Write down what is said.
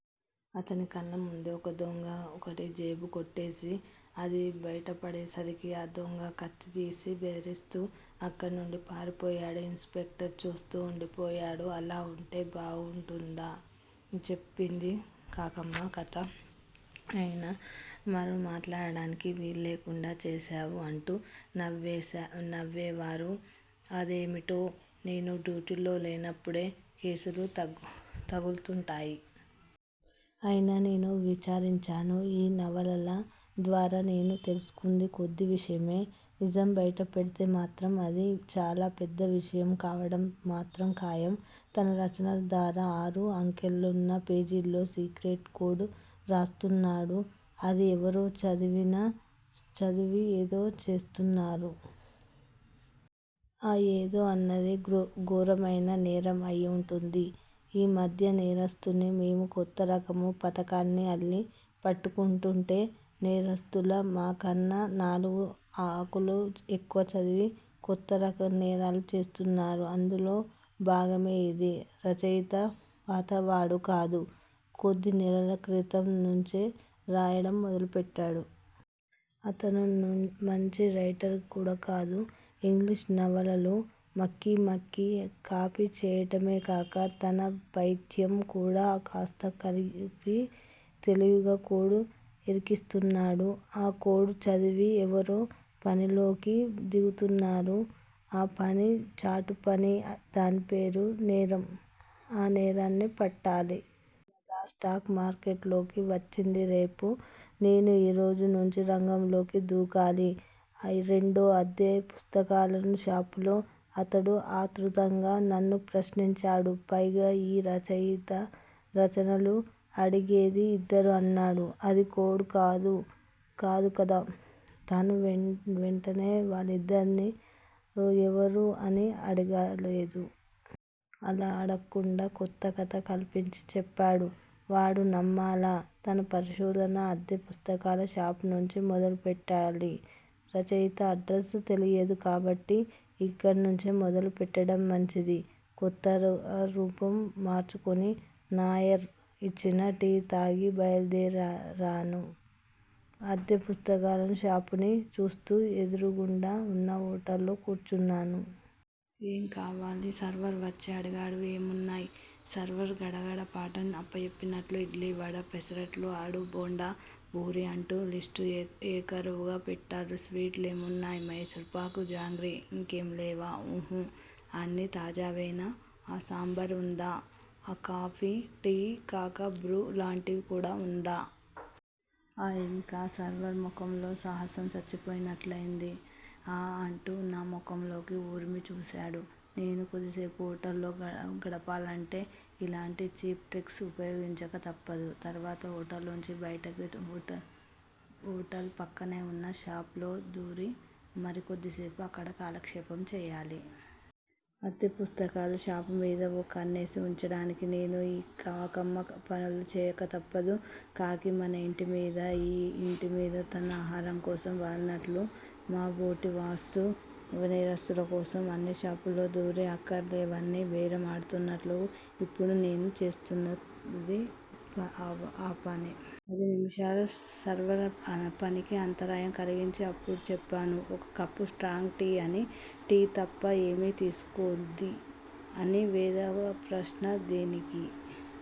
అతని కళ్ళముందే ఓ దొంగ ఒకడి జేబు కొట్టేసి అది బైటపడేసరికి ఆ దొంగ కత్తితీసి బెదిరిస్తూ అక్కడనుంచి పారిపోయాడు. ఇన్ స్పెక్టర్ చూస్తూ వుండిపోయాడు. అలా వుంటే బాగుంటుందా? చెప్పింది కాకమ్మ కధ అయినా మారు మాట్లాడటానికి వీలులేకుండా చేస్తావ్. అంటూ నవ్వేవారు. అదేమిటో నేను డ్యూటీలో లేనప్పుడే కేసులు తగులుతుంటాయి. అయినా నేను విచారించాను. ఈ నవలల ద్వారా నేను తెలుసుకుంది కొద్ది విషయమే. నిజం బైట పెడితే మాత్రం అది చాలా పెద్ద విషయం కావటం మాత్రం ఖాయం. తన రచనల ద్వారా ఆరు అంకెలున్న పేజీలలో సీక్రెట్ కోడ్ రాస్తున్నాడు. అది ఎవరో చదివి ఏదో చేస్తున్నారు. ఆ ఏదో అన్నది ఘోరమైన నేరం అయి వుంటుంది. ఈ మధ్య నేరస్తులని మేము కొత్త రకాలుగా పధకాలు అల్లి పట్టుకుంటుంటే నేరస్తులు మాకన్నా నాలుగు ఆకులు ఎక్కువ చదివి కొత్త రకంగా నేరాలు చేస్తున్నారు. అందులో భాగమే యిది. రచయిత పాతవాడు కాదు. కొద్ది నెలల క్రితం నుంచే రాయటం మొదలుపెట్టాడు. అతను మంచి రైటర్ కూడా కాదు. ఇంగ్లీషు నవలలు మక్కీ మక్కీ కాపీ చేయటమేగాక తన పైత్యం కూడా కాస్త కలిపి తెలివిగా కోడ్ ఇరికిస్తున్నాడు. ఆ కోడ్ చదివి ఎవరో పనిలోకి దిగుతున్నారు. ఆ పని చాటుపని దానిపేరు నేరం. ఆ నేరాన్ని పట్టాలి. నవల స్టాక్ మార్కెట్ లోకి వచ్చేది రేపు. నేను ఈరోజు నుంచే రంగంలోకి దూకాలి. రెండో అద్దె పుస్తకాల షాపులో అతను ఆత్రుతగా నన్ను ప్రశ్నించాడు. పైగా యీ రచయిత రచనలు అడిగేది ఇద్దరు అన్నాడు. అది కోడ్ కాదు కదా! తను వెంటనే వాళ్ళిద్దరూ ఎవరు అని అడగలేదు. అలా అడక్కుండా కొత్త కధ కల్పించి చెప్పాడు. వాడు నమ్మేలా. తన పరిశోధన అద్దె పుస్తకాల షాపునుంచి మొదలుపెట్టాలి. రచయిత అడ్రస్ తెలియదు కాబట్టి ఇక్కడ నుంచి మొదలు పెట్టటమే మంచిది. కొద్దిగా రూపం మార్చుకుని నాయర్ ఇచ్చిన టీ తాగి బయలుదేరాను. అద్దె పుస్తకాల షాపుని చూస్తూ ఎదురుగుండా వున్న హోటల్లో కూర్చున్నాను. ఏం కావాలి! సర్వర్ వచ్చి అడిగాడు. ఏమున్నాయి! సర్వర్ గడగడ పాఠం అప్పజెప్పినట్లు ఇడ్లి వడ పెసరట్ ఆలూబోండా పూరి అంటూ లిష్ట్ ఏకరువు పెట్టాడు. స్వీట్స్ ఏమున్నాయి! మైసూర్ పాక్ జాంగ్రీ! ఇంకేం లేవా? ఉహు! అన్నీ తాజావేనా! ఆ సాంబారు వుందా? ఆ కాఫీ టీ కాక బ్రూ లాంటిది కూడా వుందా? ఆ ఇంక సర్వర్ ముఖంలో సహనం చచ్చిపోయినట్లుంది. ఆ అంటూ నా ముఖంలోకి ఉరిమి చూశాడు. నేను కొద్దిసేపు హోటల్లో గడపాలంటే ఇలాంటి చీప్ ట్రిక్స్ ఉపయోగించక తప్పదు. తర్వాత హోటల్లోంచి బయటపడి హోటల్ పక్కనే వున్న షాపులో దూరి మరి కొద్దిసేపు అక్కడ కాలక్షేపం చేయాలి. అద్దె పుస్తకాల షాపుమీద ఓ కన్నేసి వుంచటానికి నేను యీ కాకమ్మ పనులు చేయక తప్పదు. కాకి ఆ ఇంటి మీద యీ ఇంటిమీద తన ఆహారం కోసం వాలినట్లు మాబోటి వాళ్ళు నేరస్తుల కోసం అన్ని షాపుల్లోను దూరి అక్కరలేనివన్నీ బేరం ఆడుతుంటారు. ఇప్పుడు నేను చేస్తున్నది ఆపనే. పది నిమిషాలు సర్వర్ పనికి అంతరాయం కలిగించి అప్పుడు చెప్పాను. ఓ కప్పు స్ట్రాంగ్ టీ అని టీ తప్ప ఏమీ తీసుకోంది ఇన్ని వెధవ ప్రశ్నలు దేనికి!